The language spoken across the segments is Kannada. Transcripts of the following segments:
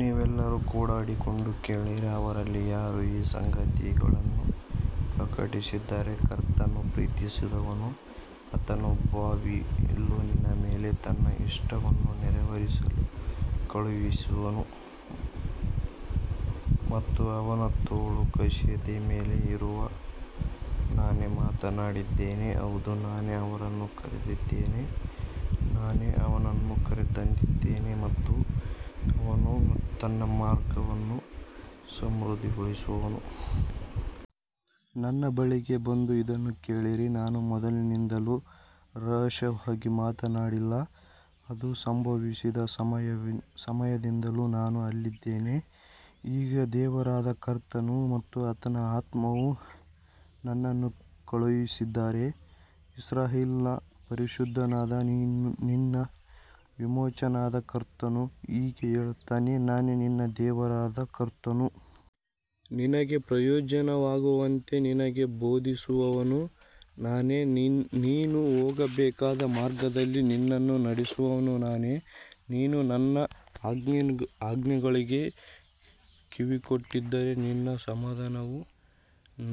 ನೀವೆಲ್ಲರೂ ಕೂಡಿಕೊಂಡು ಕೇಳಿರಿ. ಅವರಲ್ಲಿ ಯಾರು ಈ ಸಂಗತಿಗಳನ್ನು ಪ್ರಕಟಿಸಿದ್ದಾರೆ? ಕರ್ತನು ಪ್ರೀತಿಸಿದವನನ್ನು ಆತನು ಬಾಬಿಲೋನಿನ ಮೇಲೆ ತನ್ನ ಇಷ್ಟವನ್ನು ನೆರವೇರಿಸಲು ಕಳುಹಿಸುವನು ಮತ್ತು ಅವನ ತೋಳು ಕಸ್ದೀಯರ ಮೇಲೆ ಇರುವದು. ನಾನೇ ಮಾತನಾಡಿದ್ದೇನೆ. ಹೌದು, ನಾನೇ ಅವನನ್ನು ಕರೆದಿದ್ದೇನೆ. ನಾನೇ ಅವನನ್ನು ಕರೆತಂದಿದ್ದೇನೆ ಮತ್ತು ಅವನು ತನ್ನ ಮಾರ್ಗವನ್ನು ಸಮೃದ್ಧಿಗೊಳಿಸುವನು. ನನ್ನ ಬಳಿಗೆ ಬಂದು ಇದನ್ನು ಕೇಳಿರಿ. ನಾನು ಮೊದಲಿನಿಂದಲೂ ರಹಸ್ಯವಾಗಿ ಮಾತನಾಡಲಿಲ್ಲ. ಅದು ಸಂಭವಿಸಿದ ಸಮಯದಿಂದಲೂ ನಾನು ಅಲ್ಲಿದ್ದೇನೆ. ಈಗ ದೇವರಾದ ಕರ್ತನು ಮತ್ತು ಆತನ ಆತ್ಮವು ನನ್ನನ್ನು ಕಳುಹಿಸಿದ್ದಾರೆ. ಇಸ್ರಾಯೇಲಿನ ಪರಿಶುದ್ಧನಾದ ನಿನ್ನ ವಿಮೋಚಕನಾದ ಕರ್ತನು ಹೀಗೆ ಹೇಳುತ್ತಾನೆ. ನಾನೇ ನಿನ್ನ ದೇವರಾದ ಕರ್ತನು. ನಿನಗೆ ಪ್ರಯೋಜನವಾಗುವಂತೆ ನಿನಗೆ ಬೋಧಿಸುವವನು ನಾನೇ. ನೀನು ಹೋಗಬೇಕಾದ ಮಾರ್ಗದಲ್ಲಿ ನಿನ್ನನ್ನು ನಡೆಸುವವನು ನಾನೇ. ನೀನು ನನ್ನ ಆಜ್ಞೆಗಳಿಗೆ ಕಿವಿಗೊಟ್ಟಿದ್ದರೆ ನಿನ್ನ ಸಮಾಧಾನವು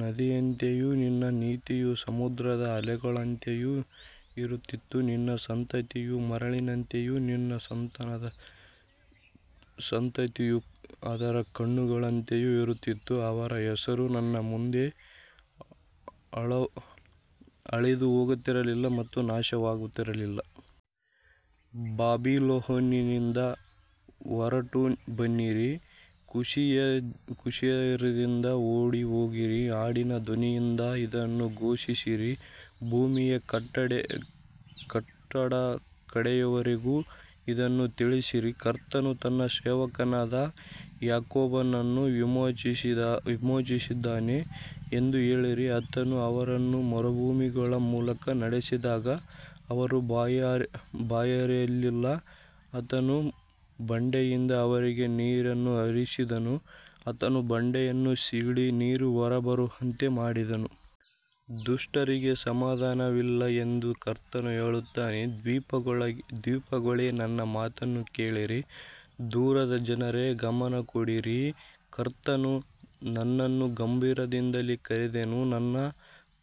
ನದಿಯಂತೆಯೂ ನಿನ್ನ ನೀತಿಯು ಸಮುದ್ರದ ಅಲೆಗಳಂತೆಯೂ ಇರುತ್ತಿತ್ತು. ನಿನ್ನ ಸಂತತಿಯು ಮರಳಿನಂತೆಯೂ ನಿನ್ನ ಸಂತಾನದ ಸಂತತಿಯು ಅದರ ಕಣಗಳಂತೆಯೂ ಇರುತ್ತಿತ್ತು. ಅವರ ಹೆಸರು ನನ್ನ ಮುಂದೆ ಅಳಿದುಹೋಗುತ್ತಿರಲಿಲ್ಲ ಮತ್ತು ನಾಶವಾಗುತ್ತಿರಲಿಲ್ಲ. ಬಾಬಿಲೋನಿನಿಂದ ಹೊರಟುಬನ್ನಿರಿ. ಕಸ್ದೀಯರಿಂದ ಓಡಿಹೋಗಿರಿ. ಹಾಡಿನ ಧ್ವನಿಯಿಂದ ಇದನ್ನು ಘೋಷಿಸಿರಿ. ಭೂಮಿಯ ಕಟ್ಟಕಡೆಯವರೆಗೂ ಇದನ್ನು ತಿಳಿಸಿರಿ. ಕರ್ತನು ತನ್ನ ಸೇವಕನಾದ ಯಾಕೋಬನನ್ನು ವಿಮೋಚಿಸಿದ್ದಾನೆ ಎಂದು ಹೇಳಿರಿ. ಆತನು ಅವರನ್ನು ಮರುಭೂಮಿಗಳ ಮೂಲಕ ನಡೆಸಿದಾಗ ಅವರು ಬಾಯಾರಲಿಲ್ಲ. ಆತನು ಬಂಡೆಯಿಂದ ಅವರಿಗೆ ನೀರನ್ನು ಹರಿಸಿದನು. ಆತನು ಬಂಡೆಯನ್ನು ಸೀಳಿ ನೀರು ಹೊರಬರುವಂತೆ ಮಾಡಿದನು. ದುಷ್ಟರಿಗೆ ಸಮಾಧಾನವಿಲ್ಲ ಎಂದು ಕರ್ತನು ಹೇಳುತ್ತಾನೆ. ದ್ವೀಪಗಳೇ, ನನ್ನ ಮಾತನ್ನು ಕೇಳಿರಿ. ದೂರದ ಜನರೇ, ಗಮನಕೊಡಿರಿ. ಕರ್ತನು ನನ್ನನ್ನು ಗರ್ಭದಿಂದಲೇ ಕರೆದನು. ನನ್ನ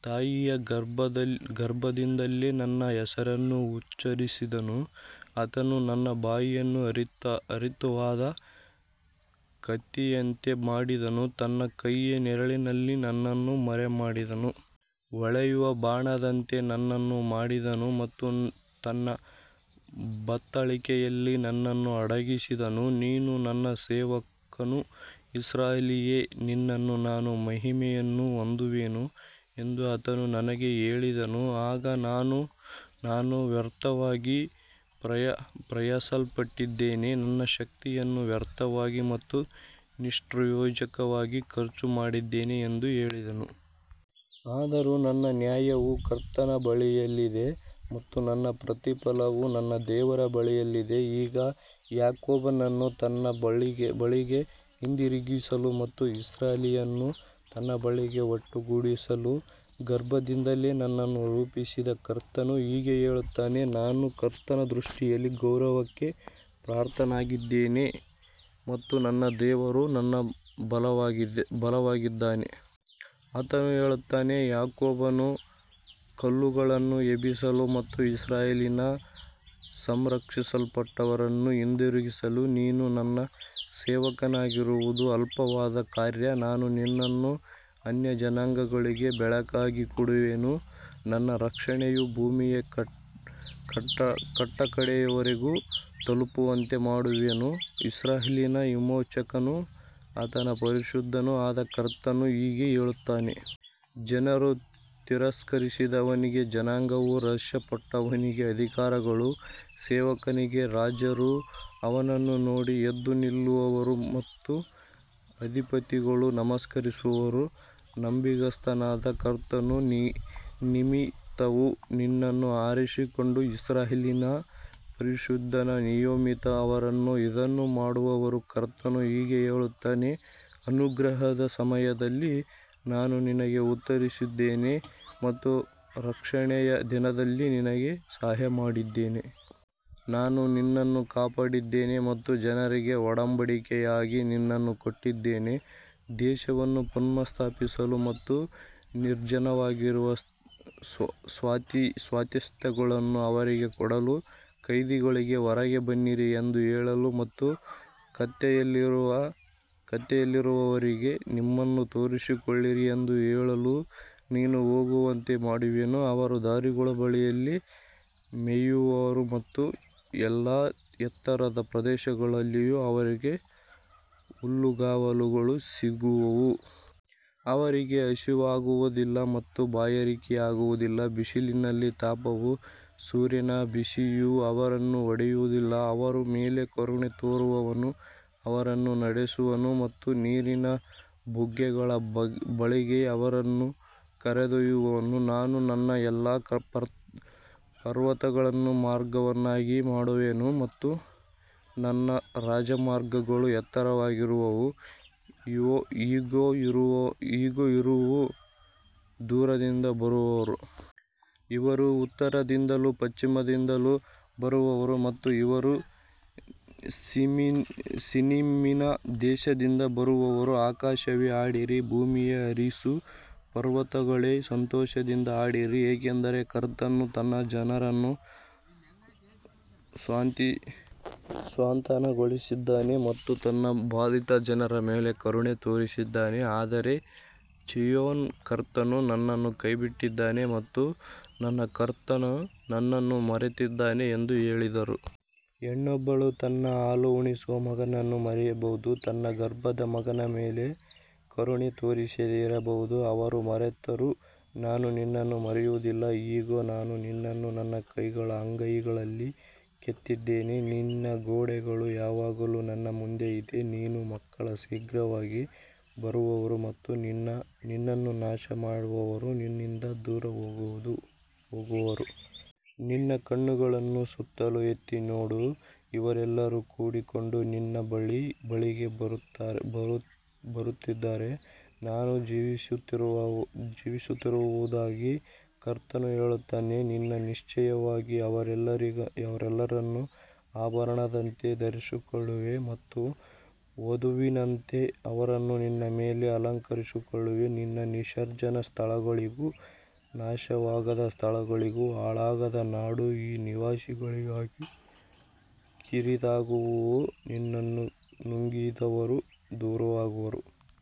ತಾಯಿಯ ಗರ್ಭದಿಂದಲೇ ನನ್ನ ಹೆಸರನ್ನು ಉಚ್ಚರಿಸಿದನು. ಆತನು ನನ್ನ ಬಾಯನ್ನು ಹರಿತವಾದ ಕತ್ತಿಯಂತೆ ಮಾಡಿದನು. ತನ್ನ ಕೈಯ ನೆರಳಿನಲ್ಲಿ ನನ್ನನ್ನು ಮರೆಮಾಡಿದನು. ಹೊಳೆಯುವ ಬಾಣದಂತೆ ನನ್ನನ್ನು ಮಾಡಿದನು ಮತ್ತು ತನ್ನ ಬತ್ತಳಿಕೆಯಲ್ಲಿ ನನ್ನನ್ನು ಅಡಗಿಸಿದನು. ನೀನು ನನ್ನ ಸೇವಕನು, ಇಸ್ರಾಯೇಲೇ, ನಿನ್ನಲ್ಲಿ ನಾನು ಮಹಿಮೆಯನ್ನು ಹೊಂದುವೆನು ಎಂದು ಆತನು ನನಗೆ ಹೇಳಿದನು. ಆಗ ನಾನು, ನಾನು ವ್ಯರ್ಥವಾಗಿ ಪ್ರಯಾಸಪಟ್ಟಿದ್ದೇನೆ, ನನ್ನ ಶಕ್ತಿಯನ್ನು ವ್ಯರ್ಥವಾಗಿ ಮತ್ತು ನಿಷ್ಪ್ರಯೋಜಕವಾಗಿ ಖರ್ಚುಮಾಡಿದ್ದೇನೆ ಎಂದು ಹೇಳಿದೆನು. ಆದರೂ ನನ್ನ ನ್ಯಾಯವು ಕರ್ತನ ಬಳಿಯಲ್ಲಿದೆ ಮತ್ತು ನನ್ನ ಪ್ರತಿಫಲವು ನನ್ನ ದೇವರ ಬಳಿಯಲ್ಲಿದೆ. ಈಗ ಯಾಕೋಬನನ್ನು ತನ್ನ ಬಳಿಗೆ ಹಿಂದಿರುಗಿಸಲು ಮತ್ತು ಇಸ್ರಾಯೇಲನ್ನು ತನ್ನ ಬಳಿಗೆ ಒಟ್ಟುಗೂಡಿಸಲು ಗರ್ಭದಿಂದಲೇ ನನ್ನನ್ನು ರೂಪಿಸಿದ ಕರ್ತನು ಹೀಗೆ ಹೇಳುತ್ತಾನೆ. ನಾನು ಕರ್ತನ ದೃಷ್ಟಿಯಲ್ಲಿ ಗೌರವಕ್ಕೆ ಪಾತ್ರನಾಗಿದ್ದೇನೆ ಮತ್ತು ನನ್ನ ದೇವರು ನನ್ನ ಬಲವಾಗಿದ್ದಾನೆ. ಆತನು ಹೇಳುತ್ತಾನೆ, ಯಾಕೋಬನ ಕುಲಗಳನ್ನು ಎಬ್ಬಿಸಲು ಮತ್ತು ಇಸ್ರಾಯೇಲಿನ ಸಂರಕ್ಷಿಸಲ್ಪಟ್ಟವರನ್ನು ಹಿಂದಿರುಗಿಸಲು ನೀನು ನನ್ನ ಸೇವಕನಾಗಿರುವುದು ಅಲ್ಪವಾದ ಕಾರ್ಯ. ನಾನು ನಿನ್ನನ್ನು ಅನ್ಯಜನಾಂಗಗಳಿಗೆ ಬೆಳಕಾಗಿ ಕೊಡುವೆನು, ನನ್ನ ರಕ್ಷಣೆಯು ಭೂಮಿಯ ಕಟ್ಟಕಡೆಯವರೆಗೂ ತಲುಪುವಂತೆ ಮಾಡುವೆನು. ಇಸ್ರಾಯೇಲಿನ ವಿಮೋಚಕನೂ ಆತನ ಪರಿಶುದ್ಧನೂ ಆದ ಕರ್ತನು ಹೀಗೆ ಹೇಳುತ್ತಾನೆ. ಜನರು ತಿರಸ್ಕರಿಸಿದವನಿಗೆ, ಜನಾಂಗವು ಅಸಹ್ಯಪಟ್ಟವನಿಗೆ, ಅಧಿಕಾರಿಗಳ ಸೇವಕನಿಗೆ, ರಾಜರು ಅವನನ್ನು ನೋಡಿ ಎದ್ದು ನಿಲ್ಲುವರು ಮತ್ತು ಅಧಿಪತಿಗಳು ನಮಸ್ಕರಿಸುವರು. ನಂಬಿಗಸ್ತನಾದ ಕರ್ತನ ನಿಮಿತ್ತವೂ ನಿನ್ನನ್ನು ಆರಿಸಿಕೊಂಡ ಇಸ್ರಾಯೇಲಿನ ಪರಿಶುದ್ಧನ ನಿಮಿತ್ತವೂ ಅವರು ಇದನ್ನು ಮಾಡುವರು. ಕರ್ತನು ಹೀಗೆ ಹೇಳುತ್ತಾನೆ. ಅನುಗ್ರಹದ ಸಮಯದಲ್ಲಿ ನಾನು ನಿನಗೆ ಉತ್ತರಿಸಿದ್ದೇನೆ ಮತ್ತು ರಕ್ಷಣೆಯ ದಿನದಲ್ಲಿ ನಿನಗೆ ಸಹಾಯಮಾಡಿದ್ದೇನೆ. ನಾನು ನಿನ್ನನ್ನು ಕಾಪಾಡಿದ್ದೇನೆ ಮತ್ತು ಜನರಿಗೆ ಒಡಂಬಡಿಕೆಯಾಗಿ ನಿನ್ನನ್ನು ಕೊಟ್ಟಿದ್ದೇನೆ. ದೇಶವನ್ನು ಪುನಃ ಸ್ಥಾಪಿಸಲು ಮತ್ತು ನಿರ್ಜನವಾಗಿರುವ ಸ್ವಾಸ್ತ್ಯಗಳನ್ನು ಅವರಿಗೆ ಕೊಡಲು, ಕೈದಿಗಳಿಗೆ, ಹೊರಗೆ ಬನ್ನಿರಿ ಎಂದು ಹೇಳಲು ಮತ್ತು ಕತ್ತಲೆಯಲ್ಲಿರುವವರಿಗೆ, ನಿಮ್ಮನ್ನು ತೋರಿಸಿಕೊಳ್ಳಿರಿ ಎಂದು ಹೇಳಲು ನೀನು ಹೋಗುವಂತೆ ಮಾಡುವೆನು. ಅವರು ದಾರಿಗಳ ಬಳಿಯಲ್ಲಿ ಮೇಯುವರು ಮತ್ತು ಎಲ್ಲಾ ಎತ್ತರದ ಪ್ರದೇಶಗಳಲ್ಲಿಯೂ ಅವರಿಗೆ ಹುಲ್ಲುಗಾವಲುಗಳು ಸಿಗುವವು. ಅವರಿಗೆ ಹಸಿವಾಗುವುದಿಲ್ಲ ಮತ್ತು ಬಾಯಾರಿಕೆಯಾಗುವುದಿಲ್ಲ. ಬಿಸಿಲಿನ ತಾಪವೂ ಸೂರ್ಯನ ಬಿಸಿಯೂ ಅವರನ್ನು ಹೊಡೆಯುವುದಿಲ್ಲ. ಅವರ ಮೇಲೆ ಕರುಣೆ ತೋರುವವನು ಅವರನ್ನು ನಡೆಸುವನು ಮತ್ತು ನೀರಿನ ಬುಗ್ಗೆಗಳ ಬಳಿಗೆ ಅವರನ್ನು ಕರೆದೊಯ್ಯುವನು. ನಾನು ನನ್ನ ಎಲ್ಲಾ ಪರ್ವತಗಳನ್ನು ಮಾರ್ಗವನ್ನಾಗಿ ಮಾಡುವೆನು ಮತ್ತು ನನ್ನ ರಾಜಮಾರ್ಗಗಳು ಎತ್ತರವಾಗಿರುವವು. ಇಗೋ, ಇವರು ದೂರದಿಂದ ಬರುವರು. ಇವರು ಉತ್ತರದಿಂದಲೂ ಪಶ್ಚಿಮದಿಂದಲೂ ಬರುವರು ಮತ್ತು ಇವರು ಸಿನೀಮಿನ ದೇಶದಿಂದ ಬರುವರು. ಆಕಾಶವೇ, ಹಾಡಿರಿ. ಭೂಮಿಯೇ, ಹರ್ಷಿಸು. ಪರ್ವತಗಳೇ, ಸಂತೋಷದಿಂದ ಹಾಡಿರಿ. ಏಕೆಂದರೆ ಕರ್ತನು ತನ್ನ ಜನರನ್ನು ಸಾಂತ್ವನಗೊಳಿಸಿದ್ದಾನೆ ಮತ್ತು ತನ್ನ ಬಾಧಿತ ಜನರ ಮೇಲೆ ಕರುಣೆ ತೋರಿಸಿದ್ದಾನೆ. ಆದರೆ ಚೀಯೋನ್, ಕರ್ತನು ನನ್ನನ್ನು ಕೈಬಿಟ್ಟಿದ್ದಾನೆ ಮತ್ತು ನನ್ನ ಕರ್ತನು ನನ್ನನ್ನು ಮರೆತಿದ್ದಾನೆ ಎಂದು ಹೇಳಿದಳು. ಹೆಣ್ಣೊಬ್ಬಳು ತನ್ನ ಹಾಲುಣಿಸುವ ಮಗುವನ್ನು ಮರೆಯಬಹುದೇ? ತನ್ನ ಗರ್ಭದ ಮಗನ ಮೇಲೆ ಕರುಣೆ ತೋರಿಸದೆ ಇರಬಹುದೇ? ಅವರು ಮರೆತರೂ ನಾನು ನಿನ್ನನ್ನು ಮರೆಯುವುದಿಲ್ಲ. ಇಗೋ, ನಾನು ನಿನ್ನನ್ನು ನನ್ನ ಕೈಗಳ ಅಂಗೈಗಳಲ್ಲಿ ಕೆತ್ತಿದ್ದೇನೆ. ನಿನ್ನ ಗೋಡೆಗಳು ಯಾವಾಗಲೂ ನನ್ನ ಮುಂದೆ ಇವೆ. ನಿನ್ನ ಮಕ್ಕಳು ಶೀಘ್ರವಾಗಿ ಬರುವರು ಮತ್ತು ನಿನ್ನನ್ನು ನಾಶಮಾಡಿದವರು ನಿನ್ನಿಂದ ದೂರ ಹೋಗುವರು. ನಿನ್ನ ಕಣ್ಣುಗಳನ್ನು ಸುತ್ತಲೂ ಎತ್ತಿ ನೋಡು. ಇವರೆಲ್ಲರೂ ಕೂಡಿಕೊಂಡು ನಿನ್ನ ಬಳಿಗೆ ಬರುತ್ತಿದ್ದಾರೆ. ನಾನು ಜೀವಿಸುತ್ತಿರುವುದಾಗಿ ಕರ್ತನು ಹೇಳುತ್ತಾನೆ, ನೀನು ನಿಶ್ಚಯವಾಗಿ ಅವರೆಲ್ಲರನ್ನೂ ಆಭರಣದಂತೆ ಧರಿಸಿಕೊಳ್ಳುವೆ ಮತ್ತು ವಧುವಿನಂತೆ ಅವರನ್ನು ನಿನ್ನ ಮೇಲೆ ಅಲಂಕರಿಸಿಕೊಳ್ಳುವೆ. ನಿನ್ನ ನಿರ್ಜನ ಸ್ಥಳಗಳೂ ನಾಶವಾದ ಸ್ಥಳಗಳೂ ಹಾಳಾದ ನಾಡೂ ಈಗ ನಿವಾಸಿಗಳಿಗಾಗಿ ಕಿರಿದಾಗುವವು. ನಿನ್ನನ್ನು ನುಂಗಿದವರು ದೂರವಾಗುವರು.